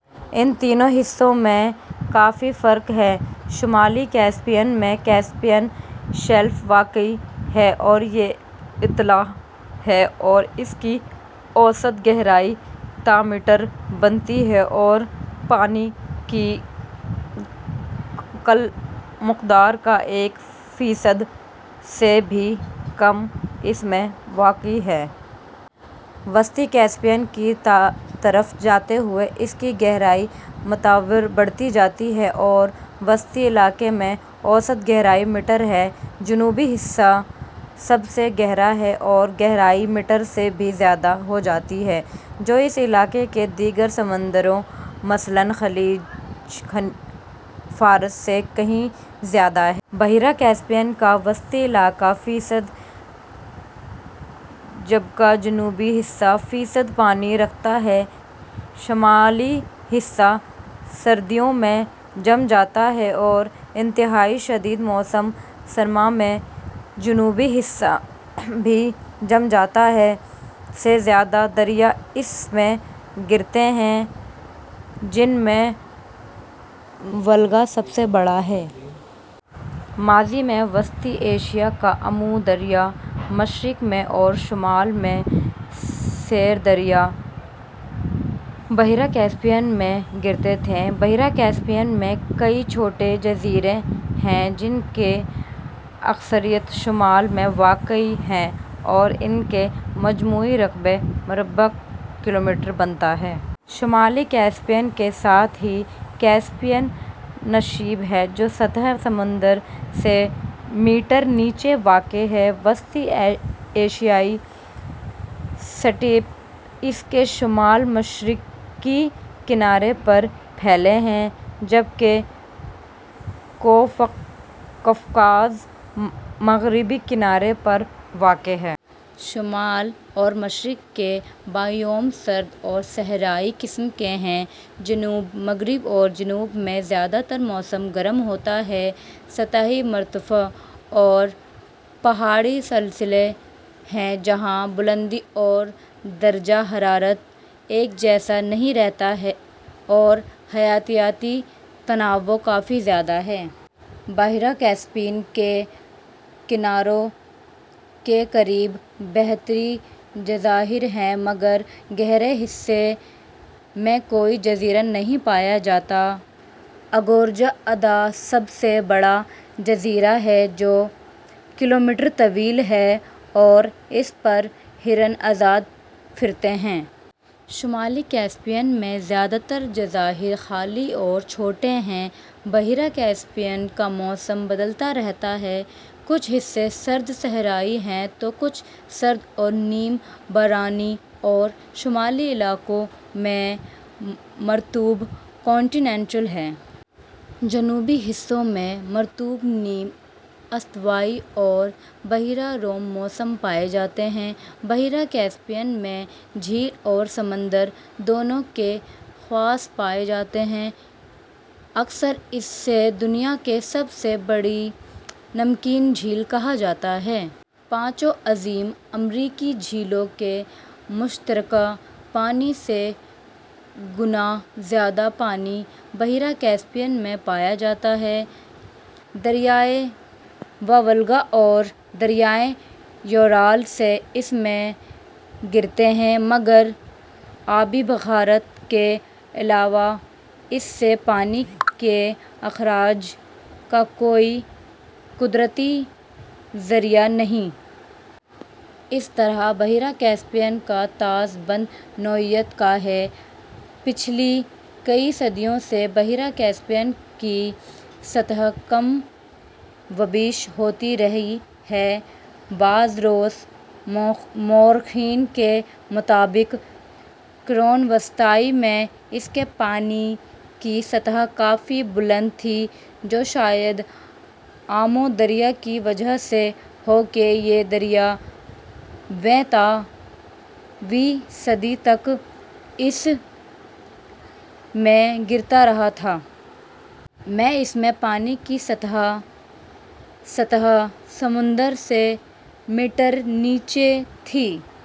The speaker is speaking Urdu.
ان تینوں حصوں میں کافی فرق ہے۔ شمالی کیسپیئن میں کیسپیئن شیلف واقع ہے اور یہ اتھلا ہے اور اس کی اوسط گہرائی تا میٹر بنتی ہے اور پانی کی کل مقدار کا ایک فیصد سے بھی کم اس میں واقع ہے۔ وسطی کیسپیئن کی طرف جاتے ہوئے اس کی گہرائی متواتر بڑھتی جاتی ہے اور وسطی علاقے میں اوسط گہرائی میٹر ہے۔ جنوبی حصہ سب سے گہرا ہے اور گہرائی ، میٹر سے بھی زیادہ ہو جاتی ہے جو اس علاقے کے دیگر سمندروں مثلاً خلیج فارس سے کہیں زیادہ ہے۔ بحیرہ کیسپیئن کا وسطی علاقہ فیصد جبکہ جنوبی حصہ فیصد پانی رکھتا ہے۔ شمالی حصہ سردیوں میں جم جاتا ہے اور انتہائی شدید موسم سرما میں جنوبی حصہ بھی جم جاتا ہے۔ سے زیادہ دریا اس میں گرتے ہیں جن میں وولگا سب سے بڑا ہے۔ ماضی میں وسطی ایشیا کا آمو دریا مشرق میں اور شمال میں سیر دریا بحیرہ کیسپیئن میں گرتے تھے۔ بحیرہ کیسپیئن میں کئی چھوٹے جزیرے ہیں جن کی اکثریت شمال میں واقع ہے اور ان کا مجموعی رقبہ ، مربع کلومیٹر بنتا ہے۔ شمالی کیسپیئن کے ساتھ ہی کیسپیئن نشیب ہے جو سطح سمندر سے میٹر نیچے واقع ہے۔ وسطی ایشیائی سٹیپ اس کے شمال مشرقی کنارے پر پھیلے ہیں جبکہ کوہ قفقاز مغربی کنارے پر واقع ہے۔ شمال اور مشرق کے بائیوم سرد اور صحرائی قسم کے ہیں۔ جنوب مغرب اور جنوب میں زیادہ تر موسم گرم ہوتا ہے اور سطح مرتفع اور پہاڑی سلسلے ہیں جہاں بلندی اور درجہ حرارت ایک جیسا نہیں رہتا اور حیاتیاتی تنوع کافی زیادہ ہے۔ بحیرہ کیسیپیئن کے کناروں کے قریب بہتیرے جزائر ہیں مگر گہرے حصے میں کوئی جزیرہ نہیں پایا جاتا۔ اگورجا ادا سب سے بڑا جزیرہ ہے جو کلومیٹر طویل ہے اور اس پر ہرن آزاد پھرتے ہیں۔ شمالی کیسیپئن میں زیادہ تر جزائر خالی اور چھوٹے ہیں۔ بحیرہ کیسپیئن کا موسم بدلتا رہتا ہے۔ کچھ حصے سرد صحرائی ہیں تو کچھ سرد اور نیم بارانی اور شمالی علاقوں میں مرطوب کانٹیننٹل ہے۔ جنوبی حصوں میں مرطوب نیم استوائی اور بحیرہ روم موسم پائے جاتے ہیں۔ بحیرہ کیسپیئن میں جھیل اور سمندر، دونوں کے خواص پائے جاتے ہیں۔ اکثر اسے دنیا کی سب سے بڑی نمکین جھیل کہا جاتا ہے۔ پانچوں عظیم امریکی جھیلوں کے مشترکہ پانی سے ء گنا زیادہ پانی بحیرہ کیسپیئن میں پایا جاتا ہے۔ دریائے وولگا اور دریائے یورال اس میں گرتے ہیں مگر آبی بخارات کے علاوہ اس سے پانی کے اخراج کا کوئی قدرتی ذریعہ نہیں۔ اس طرح بحیرہ کیسپیئن کا طاس بند نوعیت کا ہے۔ پچھلی کئی صدیوں سے بحیرہ کیسپیئن کی سطح کم و بیش ہوتی رہی ہے۔ بعض روسی مؤرخین کے مطابق قرونِ وسطیٰ میں اس کے پانی کی سطح کافی بلند تھی جو شاید آمو دریا کی وجہ سے ہو کہ یہ دریا ویں تا ویں صدی تک اس میں گرتا رہا تھا۔ میں اس میں پانی کی سطح سطح سمندر سے میٹر نیچے تھی۔